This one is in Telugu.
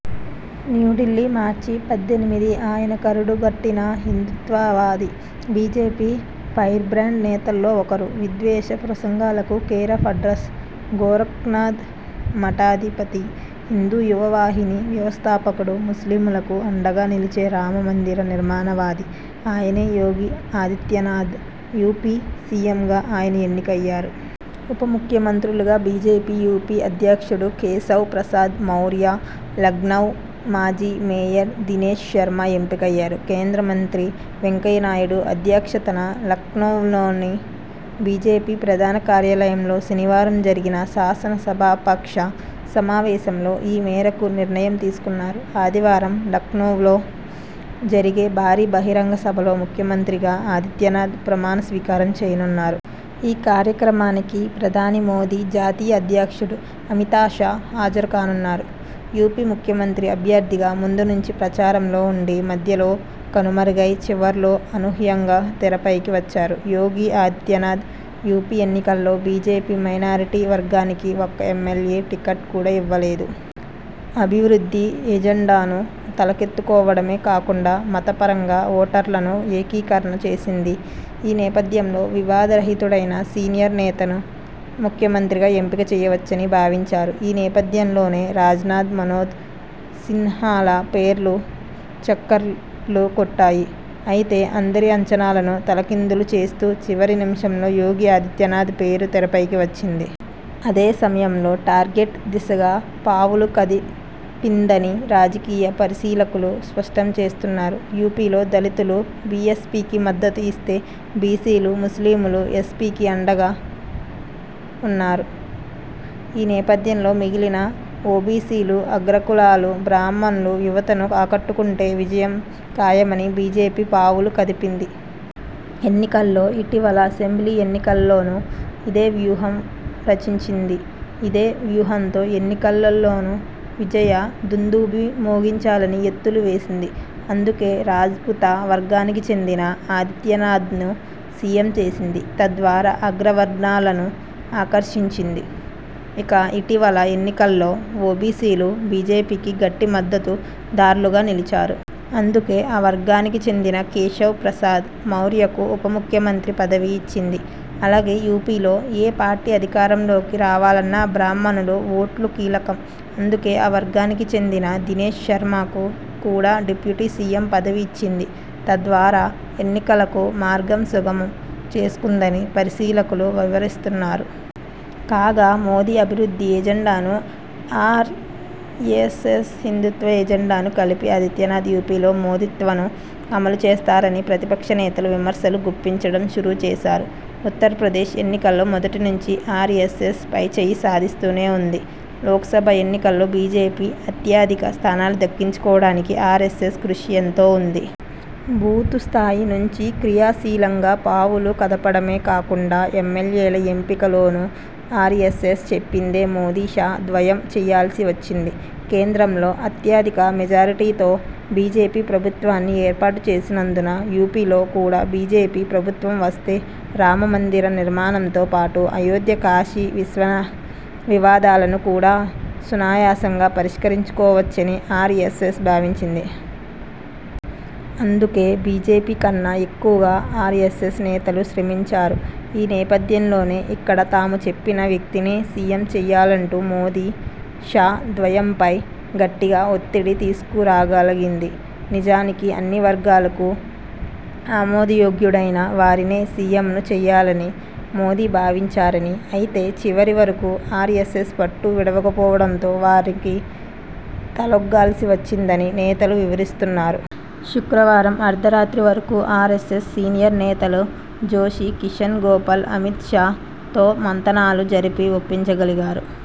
న్యూఢిల్లీ, మార్చి పద్దెనిమిది ఆయన కరడుగట్టిన హిందూత్వవాది! బీజేపీ ఫైర్బ్రాండ్ నేతల్లో ఒకరు! విద్వేష ప్రసంగాలకు కేరాఫ్ అడ్రస్! గోరఖ్నాథ్ మఠాధిపతి, హిందూ యువ వాహిని వ్యవస్థాపకుడు! ముస్లిములకూ అండగా నిలిచే రామ మందిర నిర్మాణవాది! ఆయనే యోగి ఆదిత్యనాథ్! యూపీ సీఎంగా ఆయన ఎన్నికయ్యారు. ఉప ముఖ్యమంత్రులుగా బీజేపీ యూపీ అధ్యక్షుడు కేశవ్ ప్రసాద్ మౌర్య, లఖ్నవ్ మాజీ మేయర్ దినేశ్ శర్మ ఎంపికయ్యారు. కేంద్ర మంత్రి వెంకయ్య నాయుడు అధ్యక్షతన లఖ్నవ్లోని బీజేపీ ప్రధాన కార్యాలయంలో శనివారం జరిగిన శాసన సభాపక్ష సమావేశంలో ఈమేరకు నిర్ణయం తీసుకున్నారు. ఆదివారం లఖ్నవ్లో జరిగే భారీ బహిరంగ సభలో ముఖ్యమంత్రిగా ఆదిత్యనాథ్ ప్రమాణ స్వీకారం చేయనున్నారు. ఈ కార్యక్రమానికి ప్రధాని మోదీ, జాతీయ అధ్యక్షుడు అమితషా హాజరుకానున్నారు. యూపీ ముఖ్యమంత్రి అభ్యర్థిగా ముందు నుంచీ ప్రచారంలో ఉండి మధ్యలో కనుమరుగై చివర్లో అనూహ్యంగా తెరపైకి వచ్చారు యోగి ఆదిత్యనాథ్. యూపీ ఎన్నికల్లో బీజేపీ మైనారిటీ వర్గానికి ఒక్క ఎమ్మెల్యే టికెట్ కూడా ఇవ్వలేదు. అభివృద్ధి ఎజెండాను తలకెత్తుకోవడమే కాకుండా మతపరంగా ఓటర్లనూ ఏకీకరణ చేసింది. ఈ నేపథ్యంలో వివాద రహితుడైన సీనియర్ నేతను ముఖ్యమంత్రిగా ఎంపిక చేయవచ్చని భావించారు. ఈ నేపథ్యంలోనే రాజ్నాథ్, మనోజ్ సిన్హాల పేర్లు చక్కర్లు కొట్టాయి. అయితే, అందరి అంచనాలను తలకిందులు చేస్తూ చివరి నిమిషంలో యోగి ఆదిత్యనాథ్ పేరు తెరపైకి వచ్చింది. అదే సమయంలో, 'టార్గెట్ ' దిశగా పావులు కదిపిందని రాజకీయ పరిశీలకులు స్పష్టం చేస్తున్నారు. యూపీలో దళితులు బీఎస్పీకి మద్దతు ఇస్తే బీసీలు, ముస్లిములు ఎస్పీకి అండగా ఉన్నారు. ఈ నేపథ్యంలో, మిగిలిన ఓబీసీలు, అగ్రకులాలు, బ్రాహ్మణులు, యువతను ఆకట్టుకుంటే విజయం ఖాయమని బీజేపీ పావులు కదిపింది. ఎన్నికల్లో, ఇటీవలి అసెంబ్లీ ఎన్నికల్లోనూ ఇదే వ్యూహం రచించింది. ఇదే వ్యూహంతో ఎన్నికల్లోనూ విజయ దుందుభి మోగించాలని ఎత్తులు వేసింది. అందుకే, రాజ్పుత వర్గానికి చెందిన ఆదిత్యనాథ్ను సీఎం చేసింది. తద్వారా అగ్ర వర్ణాలను ఆకర్షించింది. ఇక, ఇటీవల ఎన్నికల్లో ఓబీసీలు బీజేపీకి గట్టి మద్దతుదార్లుగా నిలిచారు. అందుకే, ఆ వర్గానికి చెందిన కేశవ్ ప్రసాద్ మౌర్యకు ఉప ముఖ్యమంత్రి పదవి ఇచ్చింది. అలాగే, యూపీలో ఏ పార్టీ అధికారంలోకి రావాలన్నా బ్రాహ్మణుల ఓట్లు కీలకం. అందుకే, ఆ వర్గానికి చెందిన దినేశ్ శర్మకూ కూడా డిప్యూటీ సీఎం పదవి ఇచ్చింది. తద్వారా, ఎన్నికలకు మార్గం సుగమం చేసుకుందని పరిశీలకులు వివరిస్తున్నారు. కాగా, మోదీ అభివృద్ధి ఎజెండాను, ఆర్ఎ్సఎస్ హిందూత్వ ఎజెండాను కలిపి ఆదిత్యనాథ్ యూపీలో 'మోదీత్వ'ను అమలు చేస్తారని ప్రతిపక్ష నేతలు విమర్శలు గుప్పించడం షురూ చేశారు. ఉత్తరప్రదేశ్ ఎన్నికల్లో మొదటి నుంచీ ఆర్ఎస్ఎస్ పైచేయి సాధిస్తూనే ఉంది. లోక్సభ ఎన్నికల్లో బీజేపీకి అత్యధిక స్థానాలు దక్కించుకోవడానికి ఆర్ఎ్సఎస్ కృషి ఎంతో ఉంది. బూతు స్థాయి నుంచి క్రియాశీలంగా పావులు కదపడమే కాకుండా ఎమ్మెల్యేల ఎంపిక లోనూ ఆర్ఎ్సఎస్ చెప్పిందే మోదీషా ద్వయం చేయాల్సి వచ్చింది. కేంద్రంలో అత్యధిక మెజారిటీతో బీజేపీ ప్రభుత్వాన్ని ఏర్పాటు చేసినందున యూపీలో కూడా బీజేపీ ప్రభుత్వం వస్తే రామ మందిర నిర్మాణంతో పాటు అయోధ్య, కాశీ వివాదాలను కూడా సునాయాసంగా పరిష్కరించుకోవచ్చని ఆర్ఎ్సఎస్ భావించింది. అందుకే, బీజేపీకన్నా ఎక్కువగా ఆర్ఎ్సఎస్ నేతలు శ్రమించారు. ఈ నేపథ్యంలోనే, ఇక్కడ తాము చెప్పిన వ్యక్తినే సీఎం చేయాలంటూ మోదీ ,షా ద్వయంపై గట్టిగా ఒత్తిడి తీసుకురాగలిగింది. నిజానికి అన్ని వర్గాలకు ఆమోదయోగ్యుడైన వారినే సీఎంను చేయాలని మోదీ భావించారని, అయితే చివరి వరకూ ఆర్ఎ్సఎస్ పట్టు వీడకపోవడంతో వారికి తలొగ్గాల్సివచ్చిందని నేతలు వివరిస్తున్నారు. శుక్రవారం అర్ధరాత్రి వరకూ ఆర్ఎ్సఎస్ సీనియర్ నేతలు జోషి, కిషన్ గోపాల్ అమిత్ షా తో మంతనాలు జరిపి ఒప్పించగలిగారు.